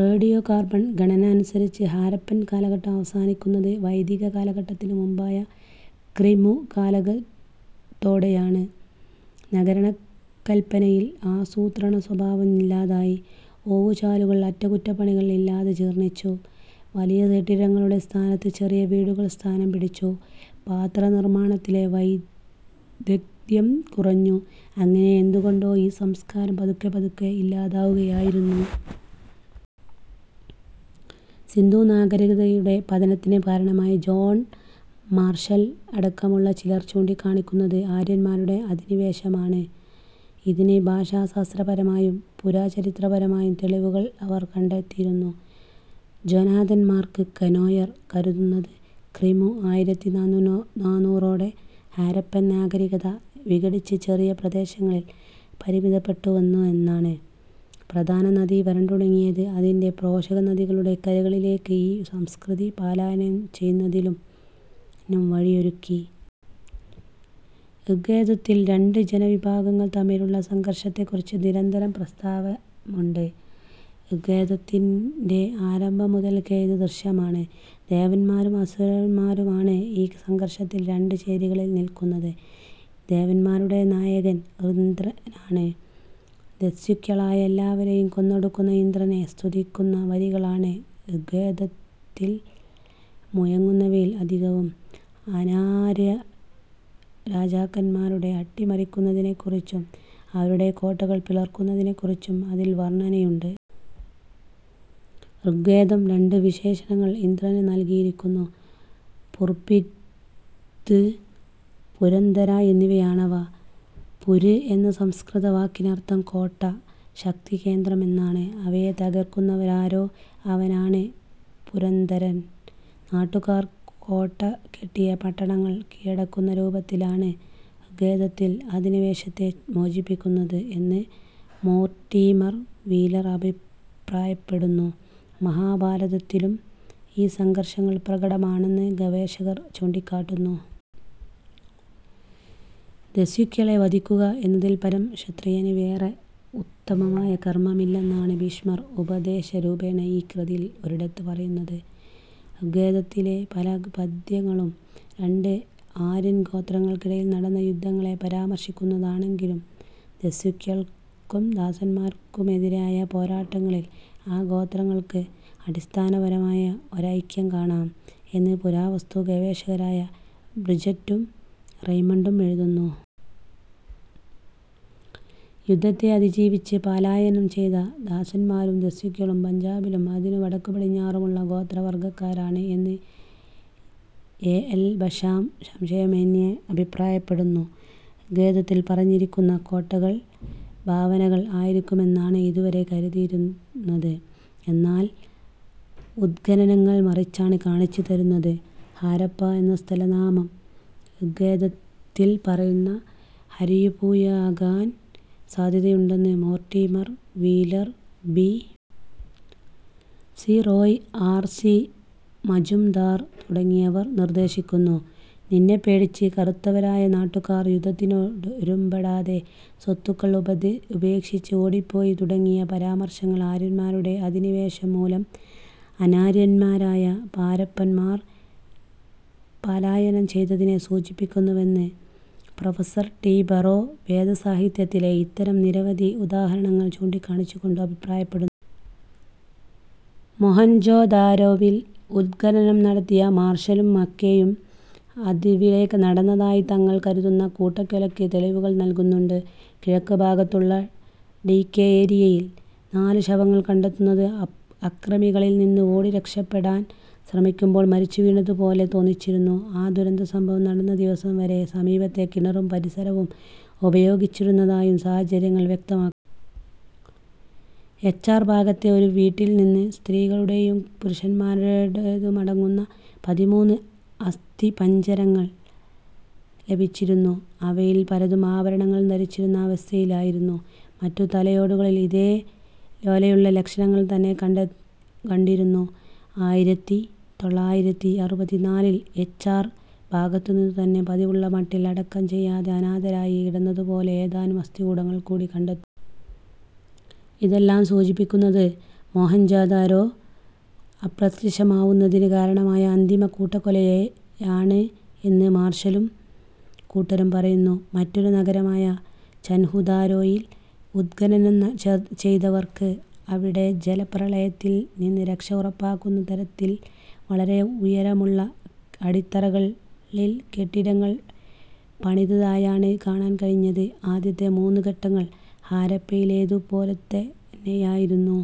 Radio carbon ഗണന അനുസരിച്ച് ഹാരപ്പൻ കാലഘട്ടം അവസാനിക്കുന്നത് വൈദിക കാലഘട്ടത്തിനു മുൻപായ ക്രി. മു. കാലത്തോടെയാണ്. നഗരകല്പനയിൽ ആസൂത്രണസ്വഭാവം ഇല്ലാതായി. ഓവുചാലുകൾ അറ്റകുറ്റപ്പണികൾ ഇല്ലാതെ ജീർണ്ണിച്ചു. വലിയ കെട്ടിടങ്ങളുടെ സ്ഥാനത്ത് ചെറിയ വീടുകൾ സ്ഥാനം പിടിച്ചു. പാത്രനിർമ്മാണത്തിലെ വൈദഗ്ദ്ധ്യം കുറഞ്ഞു. അങ്ങനെ എന്തുകൊണ്ടോ ഈ സംസ്കാരം പതുക്കെപ്പതുക്കെ ഇല്ലാതാവുകയായിരുന്നു. സിന്ധു നാഗരികതയുടെ പതനത്തിന് കാരണമായി ജോൺ മാർഷൽ അടക്കമുള്ള ചിലർ ചൂണ്ടിക്കാണിക്കുന്നത് ആര്യന്മാരുടെ അധിനിവേശമാണ്. ഇതിന് ഭാഷാശാസ്ത്രപരമായും പുരാചരിത്രപരമായും തെളിവുകൾ അവർ കണ്ടെത്തിയിരുന്നു. ജൊനാതൻ മാർക്ക് കെനോയർ കരുതുന്നത് ക്രി. മു. ആയിരത്തി നാനൂറോടെ ഹാരപ്പൻ നാഗരികത വിഘടിച്ച് ചെറിയ പ്രദേശങ്ങളിൽ പരിമിതപ്പെട്ടുവന്നു എന്നാണ്. പ്രധാന നദി വരണ്ടുണങ്ങിയത് അതിൻ്റെ പോഷകനദികളുടെ കരകളിലേക്ക് ഈ സംസ്കൃതി പലായനം ചെയ്യുന്നതിനും വഴിയൊരുക്കി. ഋഗ്വേദത്തിൽ രണ്ട് ജനവിഭാഗങ്ങൾ തമ്മിലുള്ള സംഘർഷത്തെക്കുറിച്ച് നിരന്തരം പ്രസ്താവമുണ്ട്. ഋഗ്വേദത്തിൻ്റെ ആരംഭം മുതൽക്കേ ഇത് ദൃശ്യമാണ്. ദേവന്മാരും അസുരന്മാരുമാണ് ഈ സംഘർഷത്തിൽ രണ്ട് ചേരികളിൽ നിൽക്കുന്നത്. ദേവന്മാരുടെ നായകൻ ഇന്ദ്രനാണ്. ദസ്യുക്കളായ എല്ലാവരേയും കൊന്നൊടുക്കുന്ന ഇന്ദ്രനെ സ്തുതിക്കുന്ന വരികളാണ് ഋഗ്വേദത്തിൽ മുഴങ്ങുന്നവയിൽ അധികവും. അനാര്യരാജാക്കന്മാരെ അട്ടിമറിക്കുന്നതിനെക്കുറിച്ചും അവരുടെ കോട്ടകൾ പിളർക്കുന്നതിനെക്കുറിച്ചും അതിൽ വർണ്ണനയുണ്ട്. ഋഗ്വേദം രണ്ട് വിശേഷണങ്ങൾ ഇന്ദ്രന് നൽകിയിരിക്കുന്നു, പുർഭിദ്, പുരന്ദര എന്നിവയാണവ. പുര് എന്ന സംസ്കൃത വാക്കിനർത്ഥം കോട്ട, ശക്തികേന്ദ്രം എന്നാണ്. അവയെ തകർക്കുന്നവനാരോ അവനാണ് പുരന്ദരൻ. നാട്ടുകാർ കോട്ട കെട്ടിയ പട്ടണങ്ങൾ കീഴടക്കുന്ന രൂപത്തിലാണ് ഋഗ്വേദത്തിൽ അധിനിവേശത്തെ സൂചിപ്പിക്കുന്നത് എന്ന് മോർട്ടീമർ വീലർ അഭിപ്രായപ്പെടുന്നു. മഹാഭാരതത്തിലും ഈ സംഘർഷങ്ങൾ പ്രകടമാണെന്ന് ഗവേഷകർ ചൂണ്ടിക്കാട്ടുന്നു. ദസ്യുക്കളെ വധിക്കുക എന്നതിൽപരം ക്ഷത്രിയന് വേറെ ഉത്തമമായ കർമ്മമില്ലെന്നാണ് ഭീഷ്മർ ഉപദേശരൂപേണ ഈ കൃതിയിൽ ഒരിടത്ത് പറയുന്നത്. ഋഗ്വേദത്തിലെ പല പദ്യങ്ങളും രണ്ട് ആര്യൻ ഗോത്രങ്ങൾക്കിടയിൽ നടന്ന യുദ്ധങ്ങളെ പരാമർശിക്കുന്നതാണെങ്കിലും ദസ്യുക്കൾക്കും ദാസന്മാർക്കുമെതിരായ പോരാട്ടങ്ങളിൽ ആ ഗോത്രങ്ങൾക്ക് അടിസ്ഥാനപരമായ ഒരൈക്യം കാണാം എന്ന് പുരാവസ്തു ഗവേഷകരായ ബ്രിജറ്റും റെയ്മണ്ടും എഴുതുന്നു. യുദ്ധത്തെ അതിജീവിച്ച് പാലായനം ചെയ്ത ദാസന്മാരും ദസ്യുക്കളും പഞ്ചാബിലും അതിനു വടക്കുപടിഞ്ഞാറുമുള്ള ഗോത്രവർഗ്ഗക്കാരാണ് എന്ന് എ. എൽ. ബഷാം സംശയമെന്യേ അഭിപ്രായപ്പെടുന്നു. ഋഗ്വേദത്തിൽ പറഞ്ഞിരിക്കുന്ന കോട്ടകൾ ഭാവനകൾ ആയിരിക്കുമെന്നാണ് ഇതുവരെ കരുതിയിരുന്നത്. എന്നാൽ ഉത്ഖനനങ്ങൾ മറിച്ചാണ് കാണിച്ചുതരുന്നത്. ഹരപ്പാ എന്ന സ്ഥലനാമം ഋഗ്വേദത്തിൽ പറയുന്ന ഹരിയൂപുയാ ആകാൻ സാധ്യതയുണ്ടെന്ന് Mortimer Wheeler, B. C. Roy, R. C. Majumdar തുടങ്ങിയവർ നിർദ്ദേശിക്കുന്നു. നിന്നെപ്പേടിച്ച് കറുത്തവരായ നാട്ടുകാർ യുദ്ധത്തിനൊരുമ്പെടാതെ സ്വത്തുക്കൾ ഉപേക്ഷിച്ച് ഓടിപ്പോയി തുടങ്ങിയ പരാമർശങ്ങൾ ആര്യന്മാരുടെ അധിനിവേശം മൂലം അനാര്യന്മാരായ ഹരപ്പന്മാർ പാലായനം ചെയ്തതിനെ സൂചിപ്പിക്കുന്നുവെന്ന് പ്രൊഫസ്സർ ടി. ബറോ വേദസാഹിത്യത്തിലെ ഇത്തരം നിരവധി ഉദാഹരണങ്ങൾ ചൂണ്ടിക്കാണിച്ചുകൊണ്ട് അഭിപ്രായപ്പെടുന്നു. മൊഹൻജൊദാരോവിൽ ഉത്ഖനനം നടത്തിയ മാർഷലും മക്കേയും അവിടെ നടന്നതായി തങ്ങൾ കരുതുന്ന കൂട്ടക്കൊലയ്ക്ക് തെളിവുകൾ നൽകുന്നുണ്ട്. കിഴക്കുഭാഗത്തുള്ള ഡി കെ ഏരിയയിൽ നാല് ശവങ്ങൾ കണ്ടെടുത്തത് അക്രമികളിൽ നിന്ന് ഓടി രക്ഷപ്പെടാൻ ശ്രമിക്കുമ്പോൾ മരിച്ചുവീണതുപോലെ തോന്നിച്ചിരുന്നു. ആ ദുരന്തസംഭവം നടന്ന ദിവസം വരെ സമീപത്തെ കിണറും പരിസരവും ഉപയോഗിച്ചിരുന്നതായും സാഹചര്യങ്ങൾ വ്യക്തമാക്കുന്നുണ്ട്. എച്ച്.ആർ ഭാഗത്തെ ഒരു വീട്ടിൽ നിന്ന് സ്ത്രീകളുടേതും പുരുഷന്മാരുടേതുമടങ്ങുന്ന പതിമൂന്ന് അസ്ഥിപഞ്ജരങ്ങൾ ലഭിച്ചിരുന്നു. അവയിൽ പലതും ആഭരണങ്ങൾ ധരിച്ചിരുന്ന അവസ്ഥയിലായിരുന്നു. മറ്റു തലയോടുകളിലും ഇതേ പോലെയുള്ള ലക്ഷണങ്ങൾ തന്നെ കണ്ടിരുന്നു. ആയിരത്തി തൊള്ളായിരത്തി അറുപത്തിനാലിൽ എച്ച് ആർ ഭാഗത്തുനിന്നുതന്നെ പതിവുള്ള മട്ടിൽ അടക്കം ചെയ്യാതെ അനാഥമായി കിടന്നതുപോലെ ഏതാനും അസ്ഥികൂടങ്ങൾ കൂടി കണ്ടെടുത്തിരുന്നു. ഇതെല്ലാം സൂചിപ്പിക്കുന്നത് മോഹെൻജൊദാരോ അപ്രത്യക്ഷമാവുന്നതിന് കാരണമായ അന്തിമ കൂട്ടക്കൊലയെയാണ് എന്ന് മാർഷലും കൂട്ടരും പറയുന്നു. മറ്റൊരു നഗരമായ ചൻഹുദാരോയിൽ ഉത്ഖനനം ചെയ്തവർക്ക് അവിടെ ജലപ്രളയത്തിൽ നിന്ന് രക്ഷ ഉറപ്പാക്കുന്ന തരത്തിൽ വളരെ ഉയരമുള്ള അടിത്തറകളിൽ കെട്ടിടങ്ങൾ പണിതതായാണ് കാണാൻ കഴിഞ്ഞത്. ആദ്യത്തെ മൂന്ന് ഘട്ടങ്ങൾ ഹാരപ്പയിലേതുപോലെത്തന്നെയായിരുന്നു.